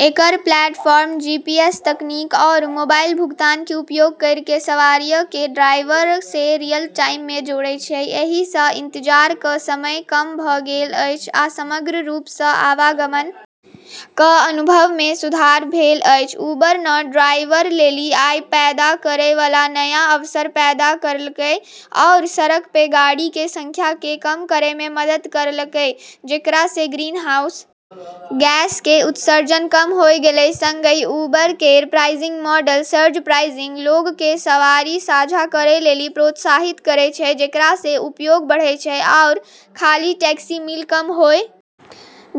एकरऽ platform GPS तकनीक आरू मोबाइल भुगतान के उपयोग करी के सवारियऽ के ड्राइवरऽ से रियल-टाइम मे जोड़ै छै, एहि स इंतजार क समय कम भ गेल अछि आ समग्र रूप स आवागमन क अनुभव मे सुधार भेल अछि, उबर न ड्राइवरऽ लेली आय पैदा करै वाला नया अवसर पैदा करलकै आरू सड़क पे गाड़ी के संख्या के कम करै मे मदद करलकै जेकरा से ग्रीनहाउस गैस के उत्सर्जन कम होय गेलै, संगहि उबर केरऽ प्राइसिंग मॉडल (सर्ज प्राइसिंग) लोगऽ के सवारी साझा करै लेली प्रोत्साहित करै छै जेकरा से उपयोग बढ़ै छै आरू खाली टैक्सी मील कम होय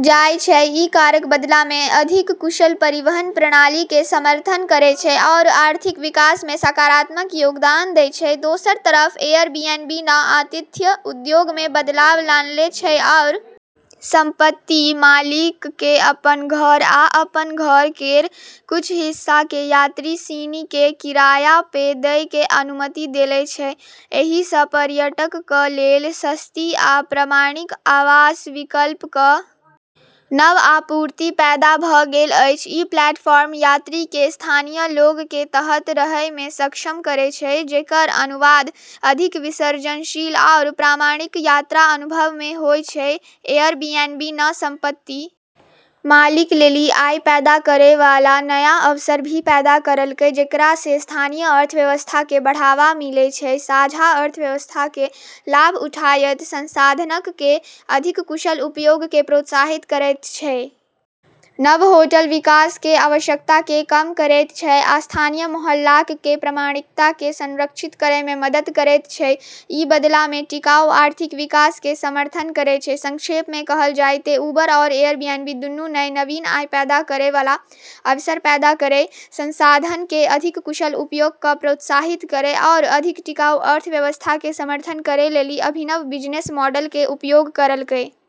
जाय छै, ई कारक बदला मे अधिक कुशल परिवहन प्रणाली के समर्थन करै छै आरू आर्थिक विकास मे सकारात्मक योगदान दै छै, दोसरऽ तरफ एयरबीएनबी न आतिथ्य उद्योग मे बदलाव लानले छै आरू संपत्ति मालिकऽ के अपनऽ घर या अपनऽ घर केरऽ कुछ हिस्सा के यात्री सिनी के किराया पे दै के अनुमति देले छै, एहि स पर्यटक क लेल सस्ती आ प्रामाणिक आवास विकल्प क नव आपूर्ति पैदा भ गेल अछि, ई प्लेटफॉर्म यात्री के स्थानीय लोगऽ के तरह रहे मे सक्षम करै छै जेकरऽ अनुवाद अधिक विसर्जनशील आरू प्रामाणिक यात्रा अनुभव मे होय छै, एयरबीएनबी न संपत्ति मालिकऽ लेली आय पैदा करै वाला नया अवसर भी पैदा करलकै जेकरा से स्थानीय अर्थव्यवस्था के बढ़ावा मिलै छै, साझा अर्थव्यवस्था कें लाभ उठायत, संसाधनक कें अधिक कुशल उपयोग कें प्रोत्साहित करयत छै, नव होटल विकास कें आवश्यकता कें कम करयत छै आ स्थानीय मोहल्लाक कें प्रामाणिकता कें संरक्षित करय मे मदद करयत छै, इ बदला मे टिकाऊ आर्थिक विकास कें समर्थन करय छै, संक्षेप मे कहलऽ जाय तै उबर आरू एयरबीएनबी दूनू नै नवीन आय पैदा करै वाला अवसर पैदा करै, संसाधनऽ के अधिक कुशल उपयोग क॑ प्रोत्साहित करै आरू अधिक टिकाऊ अर्थव्यवस्था के समर्थन करै लेली अभिनव बिजनेस मॉडल के उपयोग करलकै।